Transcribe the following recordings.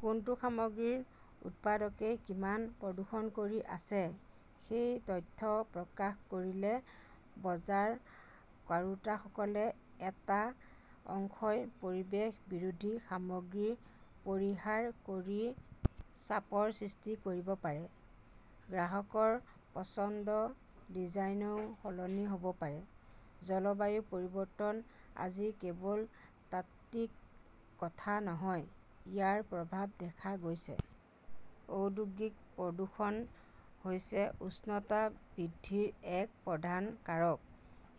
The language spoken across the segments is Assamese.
কোনটো সামগ্ৰীৰ উৎপাদকই কিমান প্ৰদূষণ কৰি আছে সেই তথ্য প্ৰকাশ কৰিলে বজাৰ কৰোঁতাসকলৰ এটা অংশই পৰিৱেশ-বিৰোধী সামগ্ৰী পৰিহাৰ কৰি চাপৰ সৃষ্টি কৰিব পাৰে। গ্ৰাহকৰ পচন্দৰ ডিজাইনও সলনি হ "ব পাৰে। জলবায়ু পৰিৱৰ্তন আজি কেৱল তাত্ত্বিক কথা নহয়, ইয়াৰ প্ৰভাৱ দেখা গৈছে। ঔদ্যোগিক প্ৰদূষণ হৈছে উষ্ণতা বৃদ্ধিৰ এক প্ৰধান কাৰক,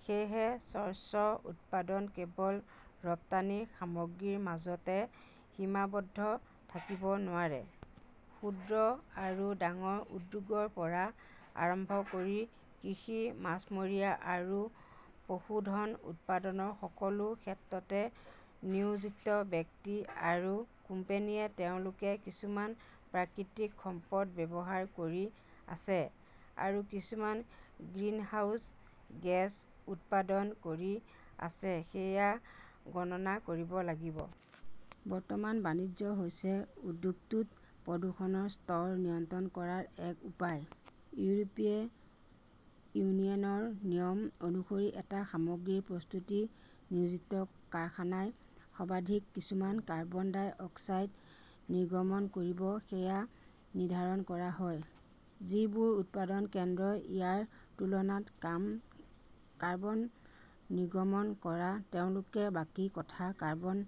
সেয়েহে স্বচ্ছ উৎপাদন কেৱল ৰপ্তানি সামগ্ৰীৰ মাজতে সীমাবদ্ধ থাকিব নোৱাৰে। ক্ষুদ্ৰ আৰু ডাঙৰ উদ্যোগৰ পৰা আৰম্ভ কৰি কৃষি, মাছমৰীয়া আৰু পশুধন উৎপাদনৰ সকলো ক্ষেত্ৰত নিয়োজিত ব্যক্তি আৰু কোম্পানীয়ে তেওঁলোকে কিমান প্ৰাকৃতিক সম্পদ ব্যৱহাৰ কৰি আছে আৰু কিমান গ্ৰিনহাউজ গেছ উৎপাদন কৰি আছে সেয়া গণনা কৰিব লাগিব। কাৰ্বন বাণিজ্য হৈছে উদ্যোগটোত প্ৰদূষণৰ স্তৰ নিয়ন্ত্ৰণ কৰাৰ এক উপায়। ইউৰোপীয় ইউনিয়নৰ নিয়ম অনুসৰি, এটা সামগ্ৰীৰ প্ৰস্তুতিত নিয়োজিত কাৰখানাই সৰ্বাধিক কিমান কাৰ্বন ডাই অক্সাইড নিৰ্গমন কৰিব সেয়া নিৰ্ধাৰণ কৰা হয়। যিবোৰ উৎপাদন কেন্দ্ৰই ইয়াৰ তুলনাত কম কাৰ্বন নিৰ্গমন কৰে তেওঁলোকে বাকী থকা 'কাৰ্বন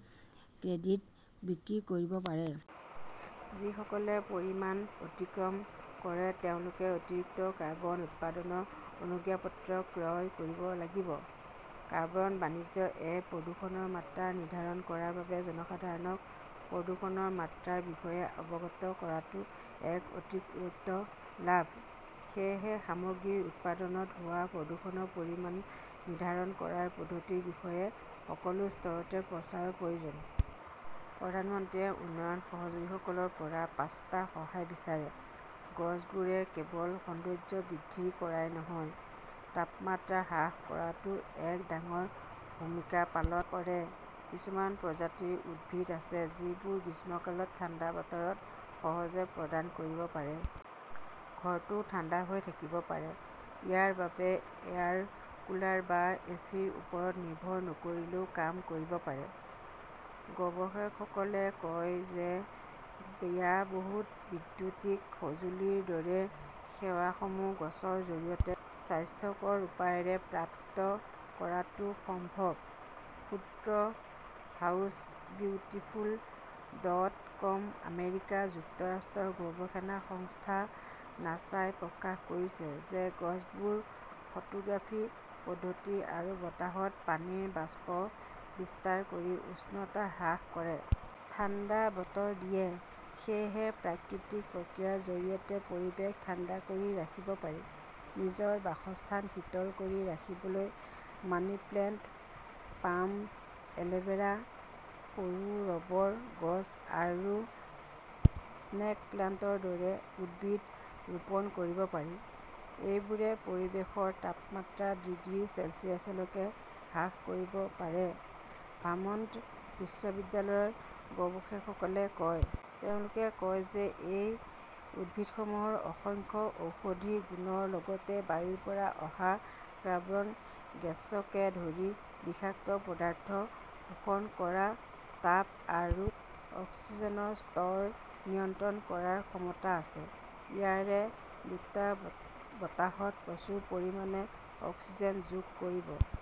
ক্ৰেডিট "বিক্ৰী কৰিব পাৰে। যিসকলে পৰিমাণ অতিক্ৰম কৰে তেওঁলোকে অতিৰিক্ত কাৰ্বন উৎপাদনৰ অনুজ্ঞাপত্ৰ ক্ৰয় কৰিব লাগিব। 'কাৰ্বন বাণিজ্য "-এ প্ৰদূষণৰ মাত্ৰা নিৰ্ধাৰণ কৰাৰ বাবে জনসাধাৰণক প্ৰদূষণৰ মাত্ৰাৰ বিষয়ে অৱগত কৰাটো এক অতিৰিক্ত লাভ। সেয়েহে সামগ্ৰীৰ উৎপাদনত হোৱা প্ৰদূষণৰ পৰিমাণ নিৰ্ধাৰণ কৰাৰ পদ্ধতিৰ বিষয়ে সকলো স্তৰতে প্ৰচাৰৰ প্ৰয়োজন। প্ৰধানমন্ত্ৰীয়ে উন্নয়ন সহযোগীসকলৰ পৰা পাঁচটা সহায় বিচাৰে গছবোৰে কেৱল সৌন্দৰ্য্য বৃদ্ধি কৰাই নহয়, তাপমাত্ৰা হ্ৰাস কৰাতও এক ডাঙৰ ভূমিকা পালন কৰে। কিছুমান প্ৰজাতিৰ উদ্ভিদ আছে যিবোৰে গ্ৰীষ্মকালত ঠাণ্ডা বতৰত সহজে প্ৰদান কৰিব পাৰে। ঘৰটো ঠাণ্ডা হৈ থাকিব পাৰে। ইয়াৰ বাবে এয়াৰকুলাৰ বা এচিৰ ওপৰত নিৰ্ভৰ নকৰিলেও কাম কৰিব পাৰে। গৱেষকসকলে কয় যে ব্যয়বহুল বৈদ্যুতিক সঁজুলিৰ দৰে সেৱাসমূহ গছৰ জৰিয়তে স্বাস্থ্যকৰ উপায়েৰে প্ৰাপ্ত কৰাটো সম্ভৱ। সূত্ৰঃ হাউছবিউটিফুল ডট কম আমেৰিকা যুক্তৰাষ্ট্ৰৰ গৱেষণা সংস্থা নাছাই প্ৰকাশ কৰিছে যে গছবোৰে ফটোগ্ৰাফী পদ্ধতি আৰু বতাহত পানীৰ বাষ্প বিস্তাৰ কৰি উষ্ণতা হ্ৰাস কৰে। ঠাণ্ডা বতৰ দিয়ে। সেয়েহে প্ৰাকৃতিক প্ৰক্ৰিয়াৰ জৰিয়তে পৰিৱেশ ঠাণ্ডা কৰি ৰাখিব পাৰি। নিজৰ বাসস্থান শীতল কৰি ৰাখিবলৈ মানিপ্লাণ্ট, পাম, এলোভেৰা, সৰু ৰবৰ গছ আৰু স্নেকপ্লাণ্টৰ দৰে উদ্ভিদ ৰোপণ কৰিব পাৰি। এইবোৰে পৰিৱেশৰ তাপমাত্ৰা ডিগ্ৰী চেলছিয়াছলৈকে হ্ৰাস কৰিব পাৰে, ভাৰ্মণ্ট বিশ্ববিদ্যালয়ৰ গৱেষকসকলে কয়। তেওঁলোকে কয় যে এই উদ্ভিদসমূহৰ অসংখ্য ঔষধি গুণৰ লগতে বায়ুৰ পৰা অহা কাৰ্বন গেছকে ধৰি বিষাক্ত পদাৰ্থ শোষণ কৰা, তাপ আৰু অক্সিজেনৰ স্তৰ নিয়ন্ত্ৰণ কৰাৰ ক্ষমতা আছে। ইয়াৰে দুটা বতাহত প্ৰচুৰ পৰিমাণে অক্সিজেন যোগ কৰিব